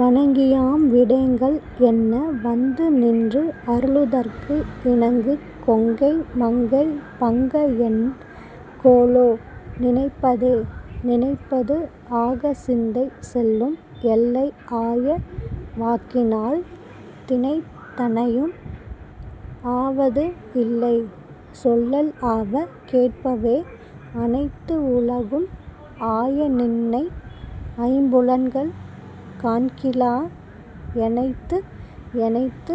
வணங்கியாம் விடேங்கள் என்ன வந்து நின்று அருளுதற்கு இணங்கு கொங்கை மங்கை பங்க என் கொலோ நினைப்பதே. நினைப்பது ஆக சிந்தை செல்லும் எல்லை ஆய வாக்கினால் தினைத் தனையும் ஆவது இல்லை சொல்லல் ஆவ கேட்பவே அனைத்து உலகும் ஆய நின்னை ஐம்புலன்கள் காண்கிலா எனைத்து எனைத்து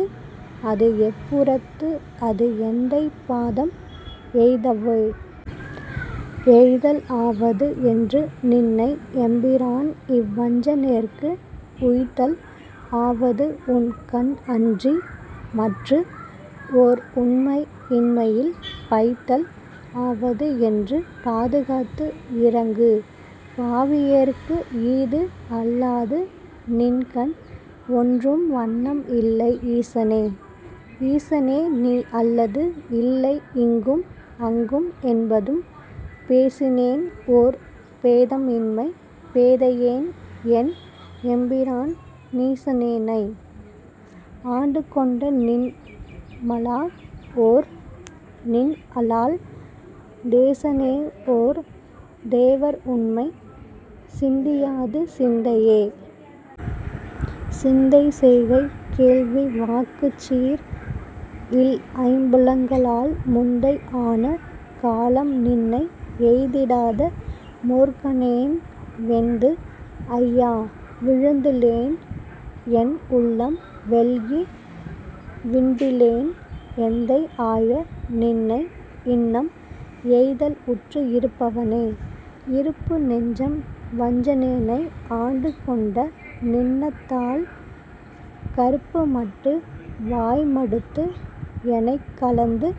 அது எப்புறத்து அது எந்தை பாதம் எய்தவே. எய்தல் ஆவது என்று நின்னை எம்பிரான் இவ்வஞ்சனேற்கு உய்தல் ஆவது உன் கண் அன்றி மற்று ஓர் உண்மை இன்மையில் பைதல் ஆவது என்று பாதுகாத்து இரங்கு பாவியேற்கு ஈது அல்லாது நின்கண் ஒன்றும் வண்ணம் இல்லை ஈசனே. ஈசனே நீ அல்லது இல்லை இங்கும் அங்கும் என்பதும் பேசினேன் ஓர் பேதம் இன்மை பேதையேன் என் எம்பிரான் நீசனேனை ஆண்டுகொண்ட நின்மலா ஓர் நின் அலால் தேசனே ஓர் தேவர் உண்மை சிந்தியாது சிந்தையே. சிந்தை செய்கை கேள்வி வாக்குச் சீர் இல் ஐம்புலன்களால் முந்தை ஆன காலம் நின்னை எய்திடாத மூர்க்கனேன் வெந்து ஐயா விழுந்திலேன் என் உள்ளம் வெள்கி விண்டிலேன் எந்தை ஆய நின்னை இன்னம் எய்தல் உற்று இருப்பனே. இருப்பு நெஞ்சம் வஞ்சனேனை ஆண்டு கொண்ட நின்னதாள் கருப்புமட்டு வாய் மடுத்து எனைக் கலந்து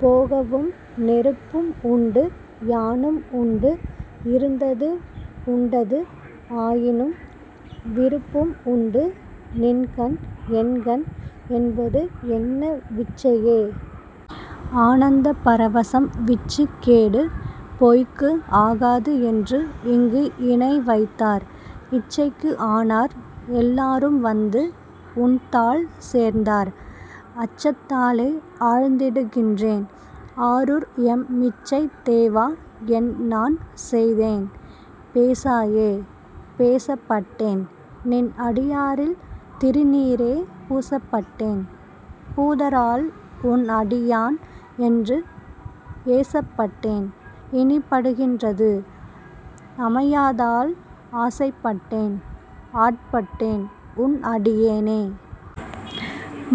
போகவும் நெருப்பும் உண்டு யானும் உண்டு இருந்தது உண்டது ஆயினும் விருப்பும் உண்டு நின்கண் என்கண் என்பது என்ன விச்சையே. ஆனந்த பரவரசம் விச்சுக் கேடு பொய்க்கு ஆகாது என்று இங்கு இனை வைத்தாய் இச்சைக்கு ஆனார் எல்லாரும் வந்து உன்தாள் சேர்ந்தார் அச்சத்தாலே ஆழ்ந்திடுகின்றேன் ஆரூர் எம் மிச்சைத் தேவா என் நான் செய்தேன் பேசாயே. பேசப்பட்டேன் நின் அடியாரில் திருநீறே பூசப்பட்டேன் பூதரால் உன் அடியான் என்று ஏசப்பட்டேன் இனிப்படுகின்றது அமையாதால் ஆசைப்பட்டேன் ஆட்பட்டேன் உன் அடியேனே.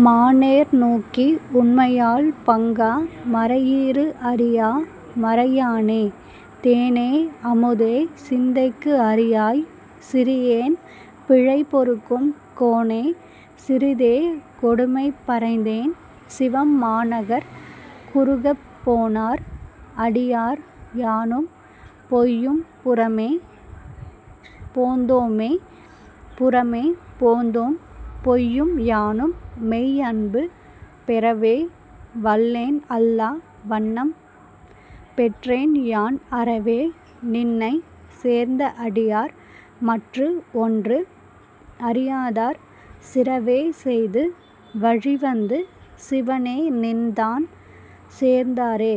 மான் நேர் நோக்கி உமையாள் பங்கா மறை ஈறு அறியா மறையானே தேனே அமுதே சிந்தைக்கு அரியாய் சிறியேன் பிழை பொறுக்கும் கோனே சிறிதே கொடுமை பறைந்தேன் சிவம் மாநகர் குறுகப் போனார் அடியார் யானும் பொய்யும் புறமே போந்தோமே. புறமே போந்தோம் பொய்யும் யானும் மெய் அன்பு பெறவே வல்லேன் அல்லா வண்ணம் பெற்றேன் யான் அறவே நின்னைச் சேர்ந்த அடியார் மற்று ஒன்று அறியாதார் சிறவே செய்து வழிவந்து சிவனே நின்தான் சேர்ந்தாரே.